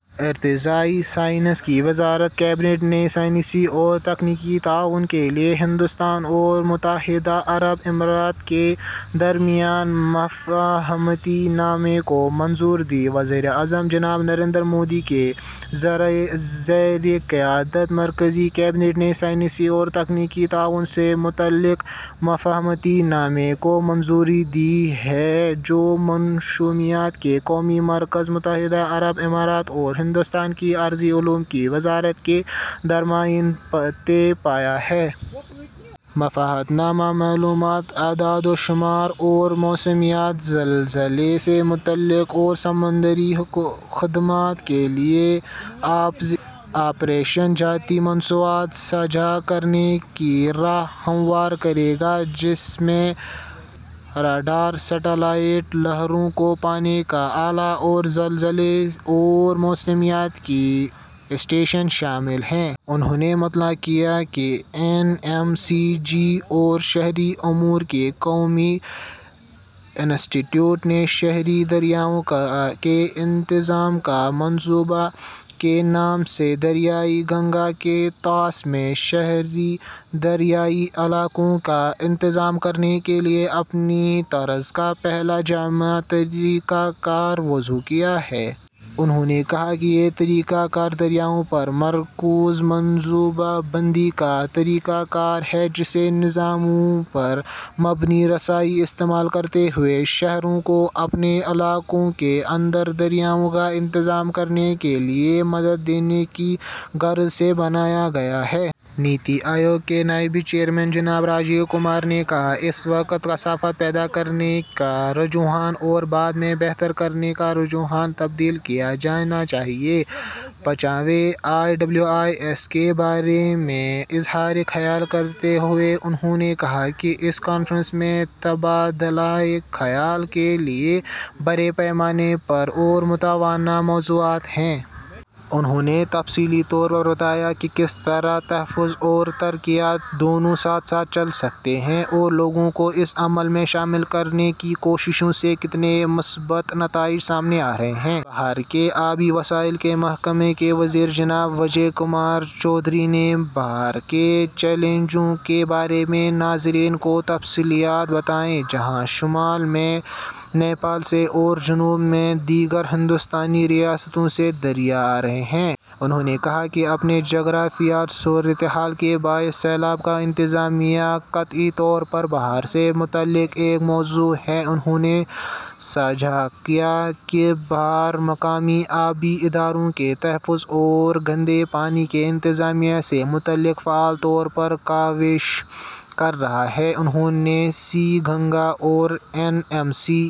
ارضیاتی سائنس کی وزارت کابینہ نے سائنسی اور تکنیکی تعاون کے لیے ہندوستان اور متحدہ عرب امارات کے درمیان مفاہمت نامے کو منظوری دی۔ وزیراعظم جناب نریندر مودی کے زیرِ قیادت مرکزی کابینہ نے سائنسی اور تکنیکی تعاون سے متعلق مفاہمت نامے کو منظوری دے دی ہے، جو موسمیات کے قومی مرکز، متحدہ عرب امارات اور ہندوستان کی ارضی علوم کی وزارت کے درمیان طے پایا ہے۔ مفاہمت نامہ معلومات، اعداد و شمار اور موسمیات، زلزلے سے متعلق اور سمندری خدمات کے لیے آپریشن جاتی مصنوعات ساجھا کرنے کی راہ ہموار کرے گا، جس میں راڈار، سیٹلائٹ، لہروں کو ناپنے کا آلہ اور زلزلے اور موسمیات کے اسٹیشن شامل ہیں۔ انہوں نے مطلع کیا کہ این ایم سی جی اور شہری امور کے قومی انسٹی ٹیوٹ نے "شہری دریاؤں کے انتظام کا منصوبہ" کے نام سے دریائے گنگا کے طاس میں شہری دریائی علاقوں کا انتظام کرنے کے لیے اپنی طرز کا پہلا جامع طریقہ کار وضع کیا ہے۔ انہوں نے کہا، "یہ طریقہ کار دریاؤں پر مرکوز منصوبہ بندی کا طریقہ کار ہے، جسے نظاموں پر مبنی رسائی استعمال کرتے ہوئے شہروں کو اپنے علاقوں کے اندر دریاؤں کا انتظام کرنے کے لیے مدد دینے کی غرض سے بنایا گیا ہے۔" نیتی آیوگ کے نائب چیئرمین جناب راجیو کمار نے کہا، "اس وقت کثافت پیدا کرنے کا رجحان اور بعد میں بہتر کرنے کا رجحان تبدیل کیا جانا چاہیے۔" پانچویں آئی ڈبلیو آئی ایس کے بارے میں اظہارِ خیال کرتے ہوئے انہوں نے کہا کہ، "اس کانفرنس میں تبادلۂ خیال کے لیے بڑے پیمانے پر اور متنوع موضوعات ہیں۔" انہوں نے تفصیلی طور پر بتایا کہ کس طرح تحفظ اور ترقیات دونوں ساتھ ساتھ چل سکتے ہیں اور لوگوں کو اس عمل میں شامل کرنے کی کوششوں سے کتنے مثبت نتائج سامنے آ رہے ہیں۔ بہار کے آبی وسائل کے محکمے کے وزیر جناب وجے کمار چودھری نے بہار کے چیلنجوں کے بارے میں ناظرین کو تفصیلات بتائیں، جہاں شمال میں نیپال سے اور جنوب میں دیگر ہندوستانی ریاستوں سے دریا آ رہے ہیں۔ انہوں نے کہا کہ اپنے جغرافیائی صورتحال کے باعث سیلاب کا انتظامیہ قطعی طور پر بہار سے متعلق ایک موضوع ہے۔ انہوں نے ساجھا کیا کہ بہار مقامی آبی اداروں کے تحفظ اور گندے پانی کے انتظامیہ سے متعلق فعال طور پر کاوشیں کر رہا ہے۔ انہوں نے سی-گنگا اور این ایم سی...